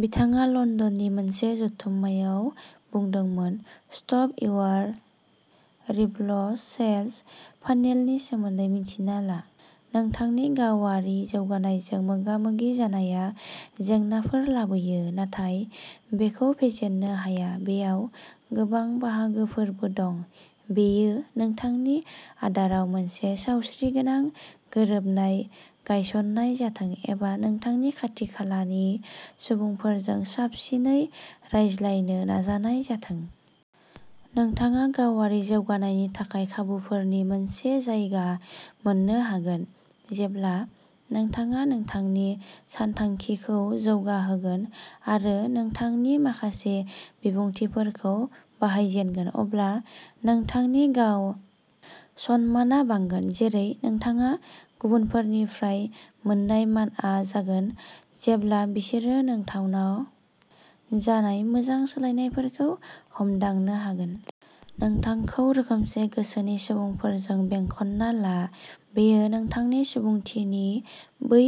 बिथाङा लन्डननि मोनसे जथुम्मायाव बुंदोंमोन। स्टप इउआर रिभल्स सेल्स फानेलनि सोमोन्दै मिन्थिना ला। नोंथांनि गावारि जौगानायजों मोगा-मोगि जानाया जेंनाफोर लाबोयो, नाथाय बेखौ फेजेननो हाया। बेयाव गोबां बाहागोफोरबो दं। बेयो नोंथांनि आदाराव मोनसे सावस्रिगोनां गोरोबनाय गायसन्नाय जाथों, एबा नोंथांनि खाथि-खालानि सुबुंफोरजों साबसिनै रायज्लायनो नाजानाय जाथों। नोंथाङा गावारि जौगानायनि थाखाय खाबुफोरनि मोनसे जायगा मोन्नो हागोन। जेब्ला नोंथाङा नोंथांनि सानथांखिखौ जौगाहोगोन आरो नोंथांनि माखासे बिबुंथिफोरखौ बाहायजेनगोन, अब्ला नोंथांनि गाव-सनमानआ बांगोन, जेरै नोंथाङा गुबुनफोरनिफ्राय मोन्नाय मानआ जागोन, जेब्ला बिसोरो नोंथांनाव जानाय मोजां सोलायनायफोरखौ हमदांनो हागोन। नोंथांखौ रोखोमसे गोसोनि सुबुंफोरजों बेंखनना ला। बेयो नोंथांनि सुबुंथिनि बै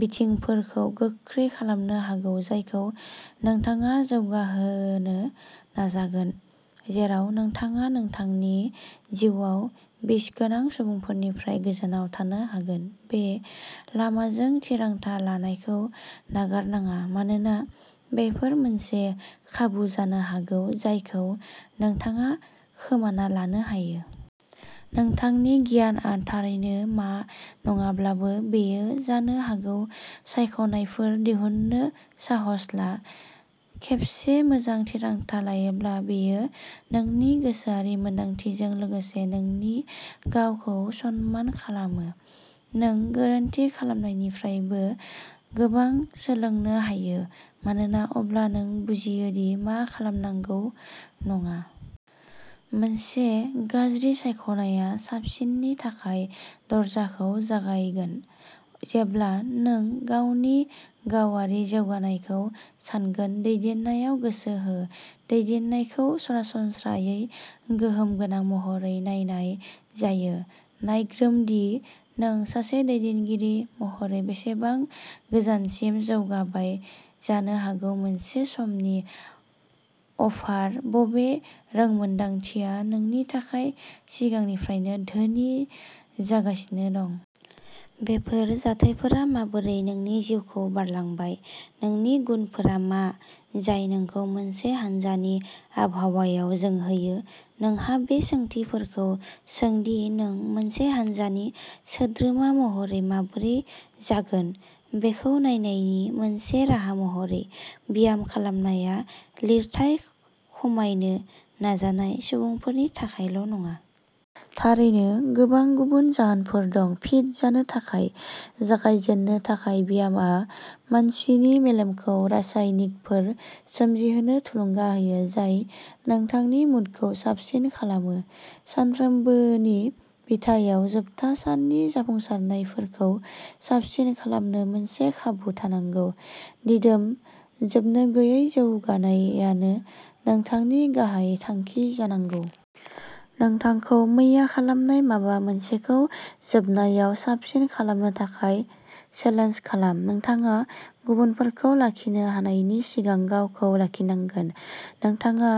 बिथिंफोरखौ गोख्रों खालामनो हागौ जायखौ नोंथाङा जौगाहोनो नाजागोन, जेराव नोंथाङा नोंथांनि जिउआव बिसगोनां सुबुंफोरनिफ्राय गोजानाव थानो हागोन। बे लामाजों थिरांथा लानायखौ नागारनाङा, मानोना बेफोर मोनसे खाबु जानो हागौ जायखौ नोंथाङा खोमाना लानो हायो। नोंथांनि गियाना थारैनो मा नङाब्लाबो। बेयो जानो हागौ, सायख'नायफोर दिहुननो साहस ला। खेबसे मोजां थिरांथा लायोब्ला, बेयो नोंनि गोसोआरि मोनदांथिजों लोगोसे नोंनि गावखौ सनमान खालामो। नों गोरोन्थि खालामनायनिफ्रायबो गोबां सोलोंनो हायो मानोना अब्ला नों बुजियो दि मा खालामनांगौ नङा। मोनसे गाज्रि सायख'नाया साबसिननि थाखाय दरजाखौ जागायगोन। जेब्ला नों गावनि गावारि जौगानायखौ सानगोन, दैदेननायाव गोसो हो। दैदेननायखौ सरासनस्रायै गोहोम गोनां महरै नायनाय जायो। नायग्रोम दि नों सासे दैदेनगिरि महरै बेसेबां गोजानसिम जौगाबाय जानो हागौ मोनसे समनि अफार बबे रोंमोनदांथिया नोंनि थाखाय सिगांनिफ्रायनो धोनि जागासिनो दं? बेफोर जाथायफोरा माबोरै नोंनि जिउखौ बारलांबाय? नोंनि गुनफोरा मा जाय नोंखौ मोनसे हानजानि आबहावायाव जोंहोयो? नोंहा बे सोंथिफोरखौ सों दि नों मोनसे हानजानि सोद्रोमा महरै माबोरै जागोन बेखौ नायनायनि मोनसे राहा महरै। ब्याम खालामनाया लिरथाय खमायनो नाजानाय सुबुंफोरनि थाखायल' नङा। थारैनो, गोबां गुबुन जाहोनफोर दं। फिट जानो थाखाय। जागायजेननो थाखाय, ब्यामआ मानसिनि मेलेमखौ रासायनिकफोर सोमजिहोनो थुलुंगा होयो जाय नोंथांनि मुडखौ साबसिन खालामो। सानफ्रोमबोनि बिथायाव जोबथा साननि जाफुंसारनायफोरखौ साबसिन खालामनो मोनसे खाबु थानांगौ। दिदोम, जोबनो गैयै जौगानायानो नोंथांनि गाहाय थांखि जानांगौ। नोंथांखौ मैया खालामनाय माबा मोनसेखौ जोबनायाव साबसिन खालामनो थाखाय चेलेन्ज खालाम। नोंथाङा गुबुनफोरखौ लाखिनो हानायनि सिगां गावखौ लाखिनांगोन। नोंथाङा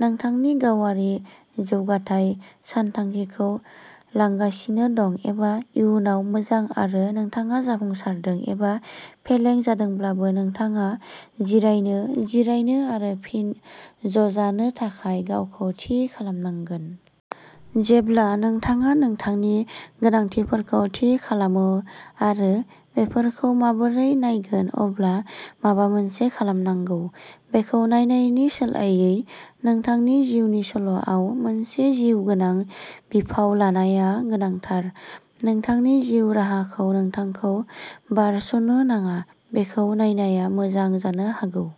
नोंथांनि गावारि जौगाथाय सानथांखिखौ लांगासिनो दं एबा इयुनाव मोजां आरो नोंथाङा जाफुंसारदों एबा फेलें जादोंब्लाबो, नोंथाङा जिरायनो, जिरायनो आरो फिन ज'जानो थाखाय गावखौ थि खालामनांगोन। जेब्ला नोंथाङा नोंथांनि गोनांथिफोरखौ थि खालामो आरो बेफोरखौ माबोरै नायगोन, अब्ला माबा मोनसे खालामनांगौ। बेखौ नायनायनि सोलायै, नोंथांनि जिउनि सल'आव मोनसे जिउगोनां बिफाव लानाया गोनांथार। नोंथांनि जिउ राहाखौ नोंथांखौ बारस'नो नाङा, बेखौ नायनाया मोजां जानो हागौ।